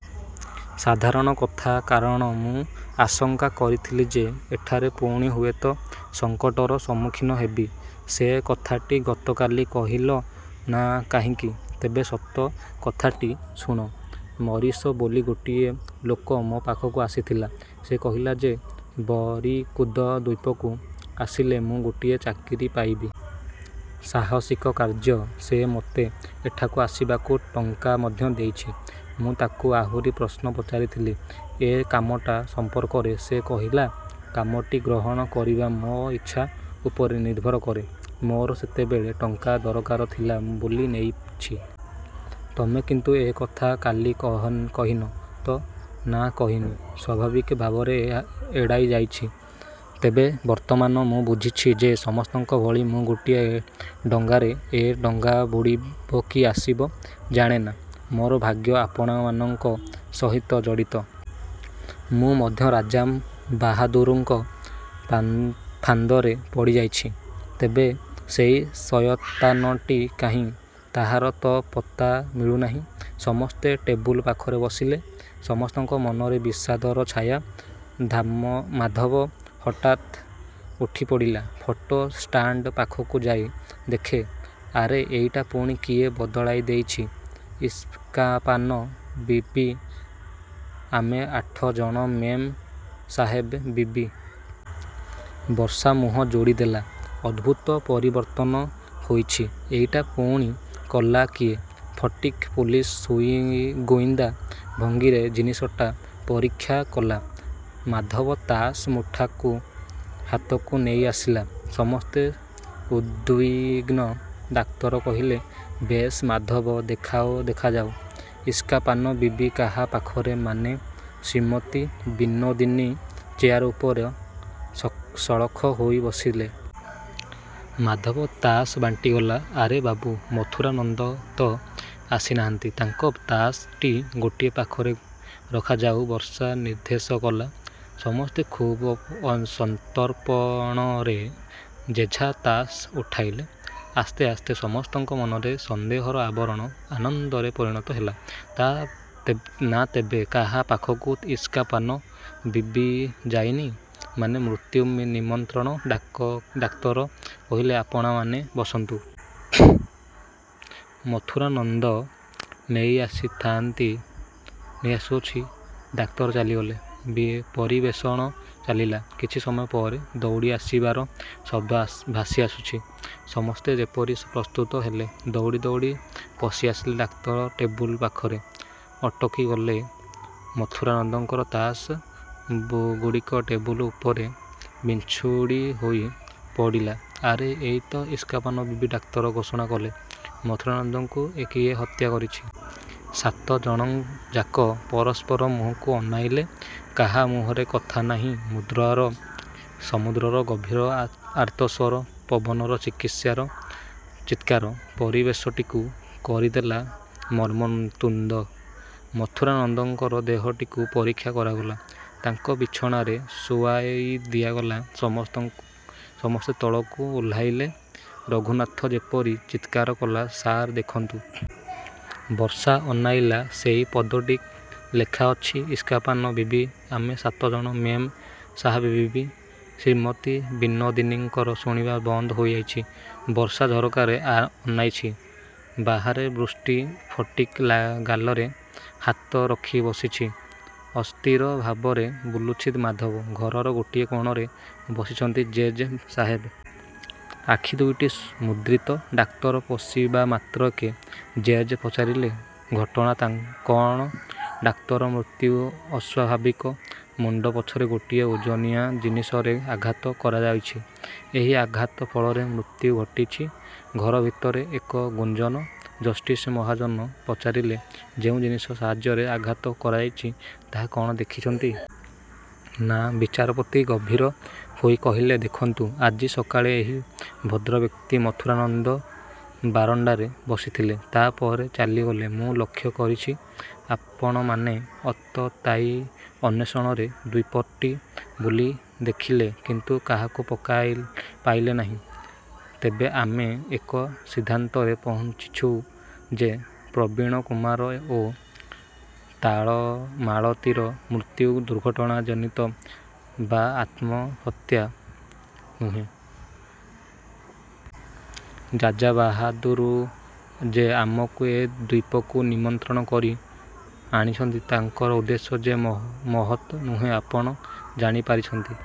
ସାଧାରଣ କଥା। କାରଣ ମୁଁ ଆଶଙ୍କା କରିଥିଲି ଯେ ଏଠାରେ ପୁଣି ହୁଏତ ସଙ୍କଟର ସମ୍ମୁଖୀନ ହେବି। ସେ କଥାଟି ଗତକାଲି କହିଲ ନାହିଁ କାହିଁକି? ତେବେ ସତ କଥାଟି ଶୁଣ। ମରିସ ବୋଲି ଗୋଟିଏ ଲୋକ ମୋ ପାଖକୁ ଆସିଥିଲା। ସେ କହିଲା ଯେ ବରିକୁଦ ଦ୍ଵୀପକୁ ଆସିଲେ ମୁଁ ଗୋଟାଏ ଚାକିରି ପାଇବି। ସାହସିକ କାର୍ଯ୍ୟ। ସେ ମୋତେ ଏଠାକୁ ଆସିବାକୁ ଟଙ୍କା ମଧ୍ୟ ଦେଇଛି। ମୁଁ ତାକୁ ଆହୁରି ପ୍ରଶ୍ନ ପଚାରିଥିଲି ଏ କାମଟା ସମ୍ପର୍କରେ। ସେ କହିଲା, କାମଟି ଗ୍ରହଣ କରିବା ମୋ ଇଚ୍ଛା ଉପରେ ନିର୍ଭର କରେ। ମୋର ସେତେବେଳେ ଟଙ୍କା ଦରକାର ଥିଲା ବୋଲି ନେଇଛି। ତମେ କିନ୍ତୁ ଏ କଥା କାଲି କହିନ ତ? ନା, କହିନି। ସ୍ୱାଭାବିକ ଭାବରେ ଏଡ଼ାଇଯାଇଛି। ତେବେ ବର୍ତ୍ତମାନ ମୁଁ ବୁଝିଛି ଯେ ସମସ୍ତଙ୍କ ଭଳି ମୁଁ ଗୋଟିଏ ଡଙ୍ଗାରେ। ଏ ଡଙ୍ଗା ବୁଡ଼ିବ କି ଭାସିବ ଜାଣେନା। ମୋର ଭାଗ୍ୟ ଆପଣମାନଙ୍କ ସହିତ ଜଡ଼ିତ। ମୁଁ ମଧ୍ୟ ରାଜାବାହାଦୁରଙ୍କ ଫାନ୍ଦରେ ପଡ଼ିଯାଇଛି। ତେବେ ସେଇ ଶୟତାନଟି କାହିଁ? ତାହାର ତ ପତ୍ତା ମିଳୁନାହିଁ। ସମସ୍ତେ ଟେବୁଲ ପାଖରେ ବସିଲେ। ସମସ୍ତଙ୍କ ମନରେ ବିଷାଦର ଛାୟା। ମାଧବ ହଠାତ୍ ଉଠିପଡ଼ିଲା। ଫଟୋ ଷ୍ଟାଣ୍ଡ ପାଖକୁ ଯାଇ ଦେଖେ, ଆରେ ଏଇଟା ପୁଣି କିଏ ବଦଳାଇଦେଇଛି, ଇସ୍କାପାନ ବିବି, ଆମେ ଆଠ ଜଣ ମେମ୍ ସାହେବ ବିବି। ବର୍ଷା ମୁହଁ ଯୋଡ଼ିଦେଲା, ଅଦ୍ଭୁତ ପରିବର୍ତ୍ତନ ହୋଇଛି। ଏଇଟା ପୁଣି କଲା କିଏ? ଫଟିକ୍ ପୋଲିସ ଗୁଇନ୍ଦା ଭଙ୍ଗୀରେ ଜିନିଷଟା ପରୀକ୍ଷା କଲା। ମାଧବ ତାସ୍ ମୁଠାକ ହାତକୁ ନେଇଆସିଲା। ସମସ୍ତେ ଉଦ୍ବିଗ୍ନ। ଡାକ୍ତର କହିଲେ, ବେଶ୍, ମାଧବ, ଦେଖାଯାଉ ଇସ୍କାପାନ ବିବି କାହା ପାଖରେ, ମାନେ ଶ୍ରୀମତୀ ବିନୋଦିନୀ ଚେୟାର ଉପରେ ସଳଖ ହୋଇ ବସିଲେ। ମାଧବ ତାସ୍ ବାଣ୍ଟିଗଲା, ଆରେ ବାବୁ, ମଥୁରାନନ୍ଦ ତ ଆସିନାହାନ୍ତି। ତାଙ୍କ ତାସ୍ ଟି ଗୋଟିଏ ପାଖରେ ରଖାଯାଉ, ବର୍ଷା ନିର୍ଦ୍ଦେଶ କଲା। ସମସ୍ତେ ଖୁବ୍ ସନ୍ତର୍ପଣରେ ଯେଝା ତାସ୍ ଉଠାଇଲେ। ଆସ୍ତେ ଆସ୍ତେ ସମସ୍ତଙ୍କ ମନରେ ସନ୍ଦେହର ଆବରଣ ଆନନ୍ଦରେ ପରିଣତ ହେଲା। ନା, ତେବେ କାହା ପାଖକୁ ଇସ୍କାପାନ ବିବି ଯାଇନି, ମାନେ ମୃତ୍ୟୁ ନିମନ୍ତ୍ରଣ, ଡାକ୍ତର କହିଲେ, ଆପଣମାନେ ବସନ୍ତୁ। ମୁଁ ମଥୁରାନନ୍ଦଙ୍କୁ ନେଇଆସୁଛି। ଡାକ୍ତର ଚାଲିଗଲେ। ପରିବେଷଣ ଚାଲିଲା। କିଛି ସମୟ ପରେ ଦୌଡ଼ିଆସିବାର ଶବ୍ଦ ଭାସିଆସୁଛି। ସମସ୍ତେ ଯେପରି ପ୍ରସ୍ତୁତ ହେଲେ। ଦୌଡ଼ି ଦୌଡ଼ି ପଶିଆସିଲେ ଡାକ୍ତର। ଟେବୁଲ ପାଖରେ ଅଟକିଗଲେ। ମଥୁରାନନ୍ଦଙ୍କର ତାସ୍ ଗୁଡ଼ିକ ଟେବୁଲ ଉପରେ ବିଞ୍ଚୁଡ଼ି ହୋଇ ପଡ଼ିଲା। ଆରେ, ଏଇ ତ ଇସ୍କାପାନ ବିବି ଡାକ୍ତର ଘୋଷଣା କଲେ, ମଥୁରାନନ୍ଦଙ୍କୁ କିଏ ହତ୍ୟା କରିଛି। ସାତ ଜଣଯାକ ପରସ୍ପର ମୁହଁକୁ ଅନାଇଲେ। କାହା ମୁହଁରେ କଥା ନାହିଁ। ସମୁଦ୍ରର ଗଭୀର ଆର୍ତ୍ତସ୍ୱର, ପବନର ଚିତ୍କାର ପରିବେଶଟିକୁ କରିଦେଲା ମର୍ମନ୍ତୁଦ। ମଥୁରାନନ୍ଦଙ୍କର ଦେହଟିକୁ ପରୀକ୍ଷା କରାଗଲା। ତାଙ୍କ ବିଛଣାରେ ଶୁଆଇଦିଆଗଲା। ସମସ୍ତେ ତଳକୁ ଓହ୍ଲାଇଲେ। ରଘୁନାଥ ଯେପରି ଚିତ୍କାର କଲା, ସାର୍, ଦେଖନ୍ତୁ। ବର୍ଷା ଅନାଇଲା। ସେଇ ପଦଟି ଲେଖାଅଛି, ଇସ୍କାପାନ ବିବି, ଆମେ ସାତ ଜଣ ମେମ୍ ସାହେବ ବିବି। ଶ୍ରୀମତୀ ବିନୋଦିନୀଙ୍କର ବୁଣିବା ବନ୍ଦ ହୋଇଯାଇଛି। ବର୍ଷା ଝରକାରେ ଅନାଇଛି। ବାହାରେ ବୃଷ୍ଟି। ଫଟିକ୍ ଗାଲରେ ହାତ ରଖି ବସିଛି। ଅସ୍ଥିର ଭାବରେ ବୁଲୁଛି ମାଧବ। ଘରର ଗୋଟିଏ କୋଣରେ ବସିଛନ୍ତି ଜଜ୍ ସାହେବ। ଆଖି ଦୁଇଟି ମୁଦ୍ରିତ। ଡାକ୍ତର ପଶିବାମାତ୍ରକେ ଜଜ୍ ପଚାରିଲେ, ଘଟଣା କ'ଣ ଡାକ୍ତର? ମୃତ୍ୟୁ ଅସ୍ଵାଭାବିକ। ମୁଣ୍ଡ ପଛରେ ଗୋଟାଏ ଓଜନିଆ ଜିନିଷରେ ଆଘାତ କରାହୋଇଛି। ଏହି ଆଘାତ ଫଳରେ ମୃତ୍ୟୁ ଘଟିଛି। ଘର ଭିତରେ ଏକ ଗୁଞ୍ଜନ। ଜଷ୍ଟିସ୍ ମହାଜନ ପଚାରିଲେ, ଯେଉଁ ଜିନିଷ ସାହାଯ୍ୟରେ ଆଘାତ କରାଯାଇଛି, ତାହା କ'ଣ ଦେଖିଛନ୍ତି? ନା! ବିଚାରପତି ଗମ୍ଭୀର ହୋଇ କହିଲେ, ଦେଖନ୍ତୁ, ଆଜି ସକାଳେ ଏହି ଭଦ୍ରବ୍ୟକ୍ତି ମଥୁରାନନ୍ଦ ବାରଣ୍ଡାରେ ବସିଥିଲେ। ତା ପରେ ଚାଲିଗଲେ। ମୁଁ ଲକ୍ଷ୍ୟ କରିଛି, ଆପଣମାନେ ଆତତାୟୀ ଅନ୍ୱେଷଣରେ ଦ୍ଵୀପଟି ବୁଲି ଦେଖିଲେ, କିନ୍ତୁ କାହାକୁ ପାଇଲେ ନାହିଁ। ତେବେ ଆମେ ଏକ ସିଦ୍ଧାନ୍ତରେ ପହଞ୍ଚିଛୁ ଯେ ପ୍ରବୀଣକୁମାର ଓ ମାଳତୀର ମୃତ୍ୟୁ ଦୁର୍ଘଟଣାଜନିତ ବା ଆତ୍ମହତ୍ୟା ନୁହେଁ। ରାଜାବାହାଦୁର, ଯେ ଆମକୁ ଏ ଦ୍ୱୀପକୁ ନିମନ୍ତ୍ରଣ କରି ଆଣିଛନ୍ତି, ତାଙ୍କର ଉଦ୍ଦେଶ୍ୟ ଯେ ମହତ୍ ନୁହେଁ ଆପଣ ଜାଣିପାରିଛନ୍ତି।